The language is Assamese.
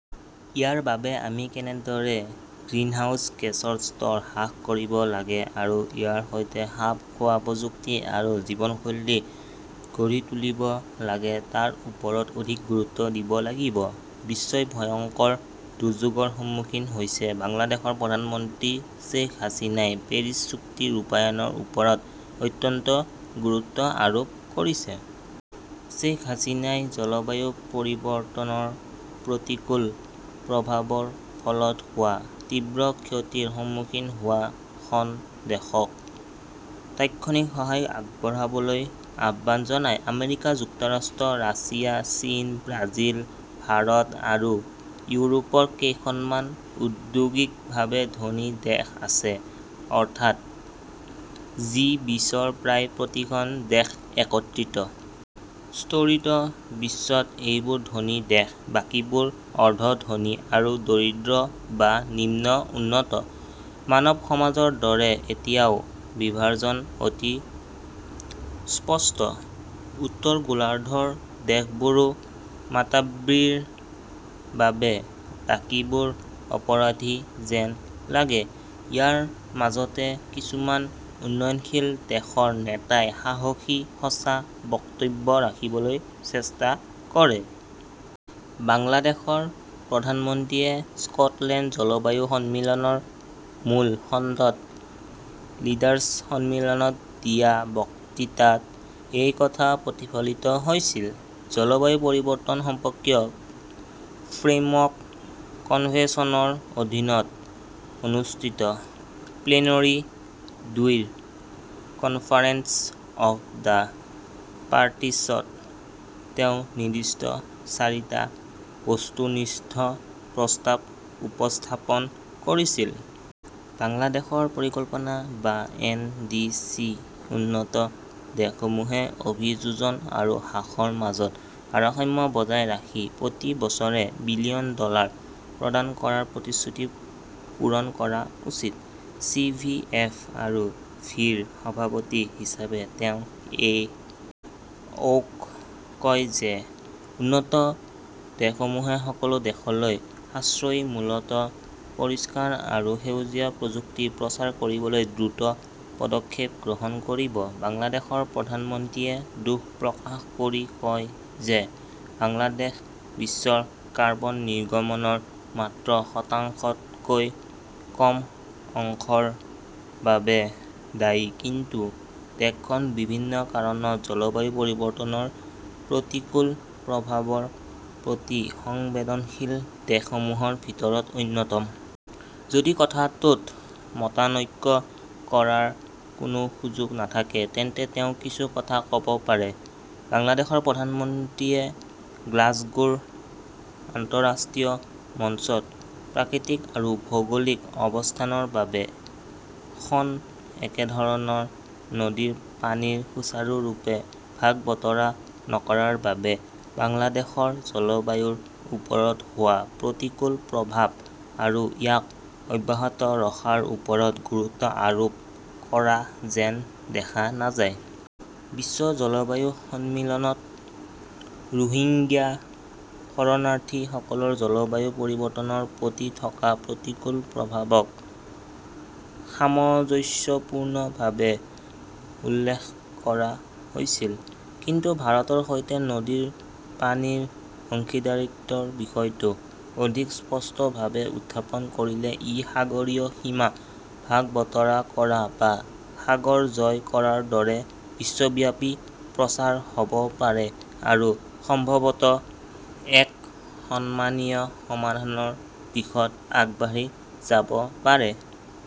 ইয়াৰ বাবে আমি কেনেদৰে গ্ৰিনহাউজ গেছৰ স্তৰ হ্ৰাস কৰিব লাগে আৰু ইয়াৰ সৈতে খাপ খোৱা প্ৰযুক্তি আৰু জীৱনশৈলী গঢ়ি তুলিব লাগে তাৰ ওপৰত অধিক গুৰুত্ব দিব লাগিব। বিশ্বই ভয়ংকৰ দুৰ্যোগৰ সন্মুখীন হৈছে বাংলাদেশৰ প্ৰধানমন্ত্ৰী শ্বেইখ হাছিনাই পেৰিছ চুক্তি ৰূপায়ণৰ ওপৰত অত্যন্ত গুৰুত্ব আৰোপ কৰিছে। শ্বেইখ হাছিনাই জলবায়ু পৰিৱৰ্তনৰ প্ৰতিকূল প্ৰভাৱৰ ফলত হোৱা তীব্ৰ ক্ষতিৰ সন্মুখীন হোৱা খন দেশক তাৎক্ষণিক সহায় আগবঢ়াবলৈ আহ্বান জনায়। আমেৰিকা যুক্তৰাষ্ট্ৰ, ৰাছিয়া, চীন, ব্ৰাজিল, ভাৰত আৰু ইউৰোপৰ কেইখনমান ঔদ্যোগিকভাৱে ধনী দেশ আছে। অৰ্থাৎ, জি- বিছৰ প্ৰায় প্ৰতিখন দেশ একত্ৰিত। স্তৰিত বিশ্বত এইবোৰ ধনী দেশ; বাকীবোৰ অৰ্ধ-ধনী আৰু দৰিদ্ৰ বা নিম্ন-উন্নত। মানৱ সমাজৰ দৰে ইয়াতও বিভাজন অতি স্পষ্ট। উত্তৰ গোলাৰ্ধৰ দেশবোৰ মাতাব্ৰীৰ বাবে বাকীবোৰ অপৰাধী যেন লাগে। ইয়াৰ মাজতে কিছুমান উন্নয়নশীল দেশৰ নেতাই সাহসী, সঁচা বক্তব্য ৰাখিবলৈ চেষ্টা কৰে। বাংলাদেশৰ প্ৰধানমন্ত্ৰীয়ে স্কটলেণ্ড জলবায়ু সন্মিলনৰ মূল খণ্ডত লিডাৰ্ছ সন্মিলনত দিয়া বক্তৃতাত এই কথা প্ৰতিফলিত হৈছিল। জলবায়ু পৰিৱৰ্তন সম্পৰ্কীয় ফ্ৰেমৱৰ্ক কনভেনচনৰ অধীনত অনুষ্ঠিত প্লেনৰী- দুইৰ কনফাৰেন্স অৱ দ্য পাৰ্টিছত তেওঁ নিৰ্দিষ্ট চাৰিটা বস্তুনিষ্ঠ প্ৰস্তাৱ উপস্থাপন কৰিছিল। বাংলাদেশৰ পৰিকল্পনা বা এন. ডি. চি. উন্নত দেশসমূহে অভিযোজন আৰু হ্ৰাসৰ মাজত ভাৰসাম্য বজাই ৰাখি প্ৰতি বছৰে বিলিয়ন ডলাৰ প্ৰদান কৰাৰ প্ৰতিশ্ৰুতি পূৰণ কৰা উচিত;. চি. ভি. এফ. আৰু ভি- -ৰ সভাপতি হিচাপে তেওঁ এ. অ'ক কয় যে উন্নত দেশসমূহে সকলো দেশলৈ সাশ্ৰয়ী মূল্যত পৰিষ্কাৰ আৰু সেউজীয়া প্ৰযুক্তি প্ৰচাৰ কৰিবলৈ দ্ৰুত পদক্ষেপ গ্ৰহণ কৰিব। বাংলাদেশৰ প্ৰধানমন্ত্ৰীয়ে দুখ প্ৰকাশ কৰি কয় যে বাংলাদেশ বিশ্বৰ কাৰ্বন নিৰ্গমনৰ মাত্ৰ শতাংশতকৈ কম অংশৰ বাবে দায়ী কিন্তু দেশখন বিভিন্ন কাৰণত জলবায়ু পৰিৱৰ্তনৰ প্ৰতিকূল প্ৰভাৱৰ প্ৰতি সংবেদনশীল দেশসমূহৰ ভিতৰত অন্যতম। যদি কথাটোত মতানৈক্য কৰাৰ কোনো সুযোগ নাথাকে, তেন্তে তেওঁ কিছু কথা ক'ব পাৰে। বাংলাদেশৰ প্ৰধানমন্ত্ৰীয়ে গ্লাছগোৰ আন্তঃৰাষ্ট্ৰীয় মঞ্চত প্ৰাকৃতিক আৰু ভৌগোলিক অৱস্থানৰ বাবে খন একেধৰণৰ নদীৰ পানীৰ সুচাৰুৰূপে ভাগ-বতৰা নকৰাৰ বাবে বাংলাদেশৰ জলবায়ুৰ ওপৰত হোৱা প্ৰতিকূল প্ৰভাৱ আৰু ইয়াক অব্যাহত ৰখাৰ ওপৰত গুৰুত্ব আৰোপ কৰা যেন দেখা নাযায়। বিশ্ব জলবায়ু সন্মিলনত ৰোহিংগ্যা শৰণাৰ্থীসকলৰ জলবায়ু পৰিৱৰ্তনৰ প্ৰতি থকা প্ৰতিকূল প্ৰভাৱক সামঞ্জস্যপূৰ্ণভাৱে উল্লেখ কৰা হৈছিল, কিন্তু ভাৰতৰ সৈতে নদীৰ পানীৰ অংশীদাৰিত্বৰ বিষয়টো অধিক স্পষ্টভাৱে উত্থাপন কৰিলে ই সাগৰীয় সীমা ভাগ-বতৰা কৰা বা সাগৰ জয় কৰাৰ দৰে বিশ্বব্যাপী প্ৰচাৰ হ'ব পাৰে আৰু সম্ভৱতঃ এক সন্মানীয় সমাধানৰ দিশত আগবাঢ়ি যাব পাৰে।